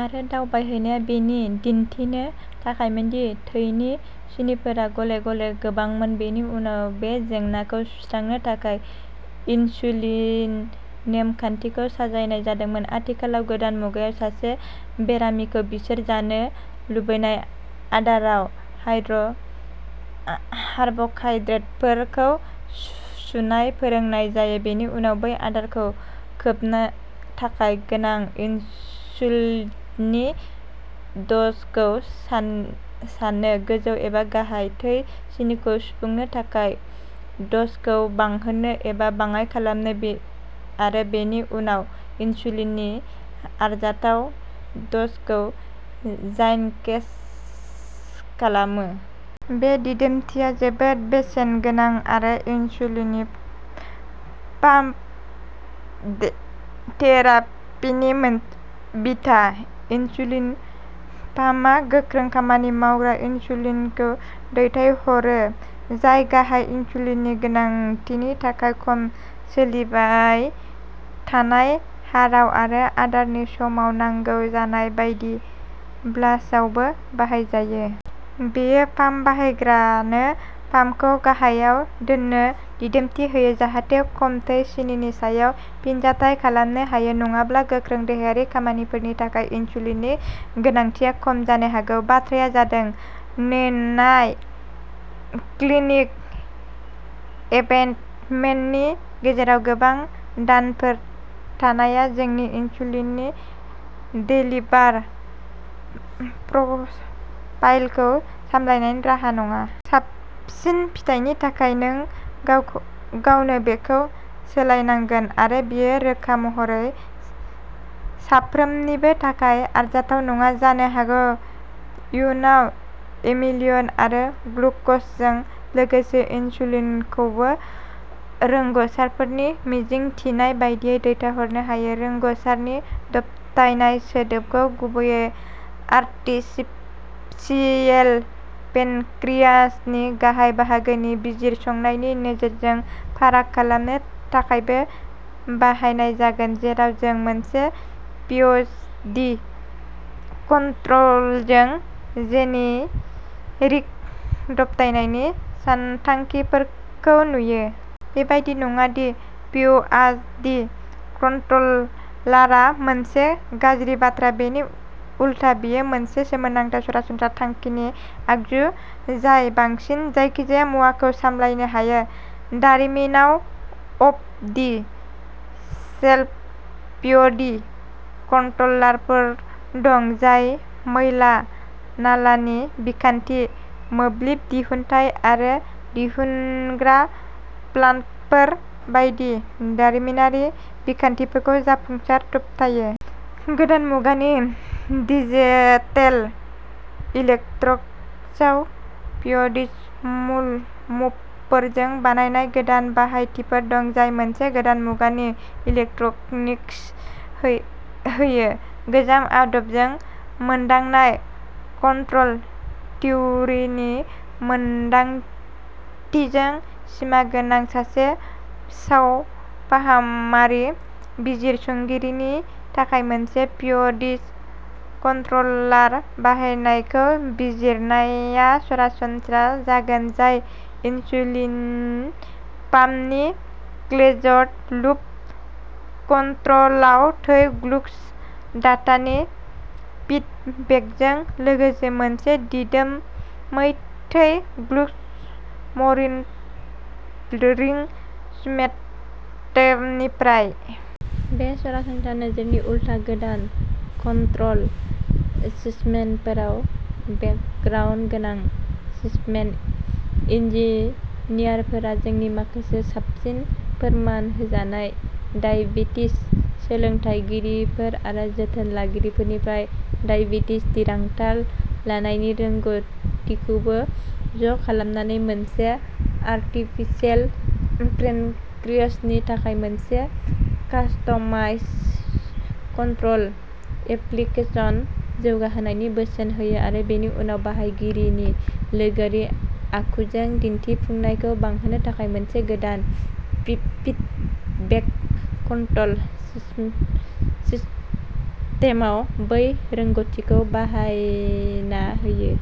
आरो। दावबायहैनाया बेखौ दिन्थिनो थाखायमोनदि थैनि सिनिफोरा गले गले गोबांमोन, बेनि उनाव बे जेंनाखौ सुस्रांनो थाखाय इनसुलिन नेमखानथिखौ साजायनाय जादोंमोन। आथिखालाव गोदान मुगायाव, सासे बेरामिखौ बिसोर जानो लुबैनाय आदाराव कार्बहाइड्रेटफोरखौ सुनाय फोरोंनाय जायो, बेनि उनाव बै आदारखौ खोबनो थाखाय गोनां इनसुलिननि द'जखौ सान्नो, गोजौ एबा गाहाय थै सिनिखौ सुफुंनो थाखाय द'जखौ बांहोनो एबा बाङाइ खालामनो, आरो बेनि उनाव इनसुलिननि आरजाथाव द'जखौ इनजेकसन खालामनो। बे दिदोमथिया जोबोद बेसेनगोनां, आरो इनसुलिन पाम्प थेरापिनि मोनसे बिथा। इनसुलिन पाम्पआ गोख्रै खामानि मावग्रा इनसुलिनखौल'दैथायहरो, जाय गाहाय इनसुलिननि गोनांथिनि थाखाय खम सोलिबाय थानाय हाराव आरो आदारनि समाव नांगौ जानाय बायदि बलासआवबो बाहायजायो। बेयो पाम्प बाहायग्रानो पाम्पखौ गाहायाव दोननो दिदोमथि होयो जाहाथे खम थै सिनिनि सायाव फिनजाथाय खालामनो हायो, नङाब्ला गोख्रों देहायारि खामानिफोरनि थाखाय इनसुलिननि गोनांथिया खम जानो हागौ। बाथ्राआ जादोंः नेनाय। क्लिनिक एपइन्टमेन्टनि गेजेराव गोबां दानफोर थानाया नोंनि इनसुलिन देलिभारि प्रफाइलखौ सामलायनायनि राहा नङा। साबसिन फिथायनि थाखाय नों गावनो बेखौ सोलोंनांगोन, आरो बेयो रोखा महरै साफ्रोमनिबो थाखाय आरजाथाव नङा। जानो हागौ इयुनाव, एमिलिन आरो ग्लुकागनजों लोगोसे इनसुलिनखौबो रोंग'सारफोरनि मिजिंथिनाय बायदियै दैथायहरनो हायो। रोंग'सारारि दबथायनाय सोदोबखौ गुबैयै आर्टिफिसियेल पेनक्रियाजनि गाहाय बाहागोनि बिजिरसंनायनि नोजोरजों फाराग खालामनो थाखायबो बाहायनाय जागोन, जेराव जों मोनसे पिआइडि कन्ट्र'लारजों जेनेरिक दबथायनायनि सानथांखिफोरखौ नुयो। बेबादि नङा दि पिआइडि कन्ट्र'लारआ मोनसे गाज्रि बाथ्रा-- बेनि उलथा बेयो मोनसे सोमोनांथाव सरासनस्रा थांखिनि आगजु जाय बांसिन जायखिजाया मुवाखौ सामलायनो हायो। दारिमिनाव अफ-दि-शेल्फ पिआइडि कन्ट्र'लारफोर दं जाय मैला-नालानि बिखान्थि, मोब्लिब दिहुन्थाय आरो दिहुनग्रा प्लान्टफोर बायदि दारिमिनारि बिखान्थिफोरखौ जाफुंसारै दबथायो। गोदान मुगानि डिजिटेल इलेक्ट्रनिक्सआव पिआइडि लुपफोरजों बानायनाय गोदान बाहायथिफोर दं, जाय मोनसे गोदान मुगानि इलेक्ट्रनिक्स होयो। गोजाम आदबखौ मोनदांनाय। कन्ट्रल थिउरिनि रोंमोन्दांथिजों सिमा गोनां सासे सावफाहामारि बिजिरसंगिरिनि थाखाय मोनसे पिआइडि कन्ट्र'लार बाहायनायखौ बिजिरनाया सरासनस्रा जागोन, जाय इनसुलिन पाम्पनि क्लोज्ड-लुप कन्ट्र'लआव थै ग्लुक'ज डाटानि फिडबेकजों लोगोसे मोनसे दिदोमै थै ग्लुक'ज मनिटरिं सिस्टेमनिफ्राय। बे सरासनस्रा नोजोरनि उल्था, गोदान कन्ट्रल सिस्टेमफोराव बेकग्राउन्ड गोनां सिस्टेम इन्जिनियारफोरा जोंनि माखासे साबसिन फोरमान होजानाय डायबेटिस सोलोंथायगिरिफोर आरो जोथोन लागिरिफोरनिफ्राय डायबेटिस थिरांथा लानायनि रोंग'थिखौ ज'खालामनानै मोनसे आरटिफिसियेल पेनक्रियाजनि थाखाय मोनसे कास्टमाइज्ड कन्ट्रल एप्लिकेशन जौगाहोनायनि बोसोन होयो आरो बेनि उनाव बाहायगिरिनि लोगोआरि आखुजों दिन्थिफुंनायखौ बांहोनो थाखाय मोनसे गोदान फिडबेक कन्ट्रल सिस्टेमाव बै रोंग'थिखौ बाहायना होयो।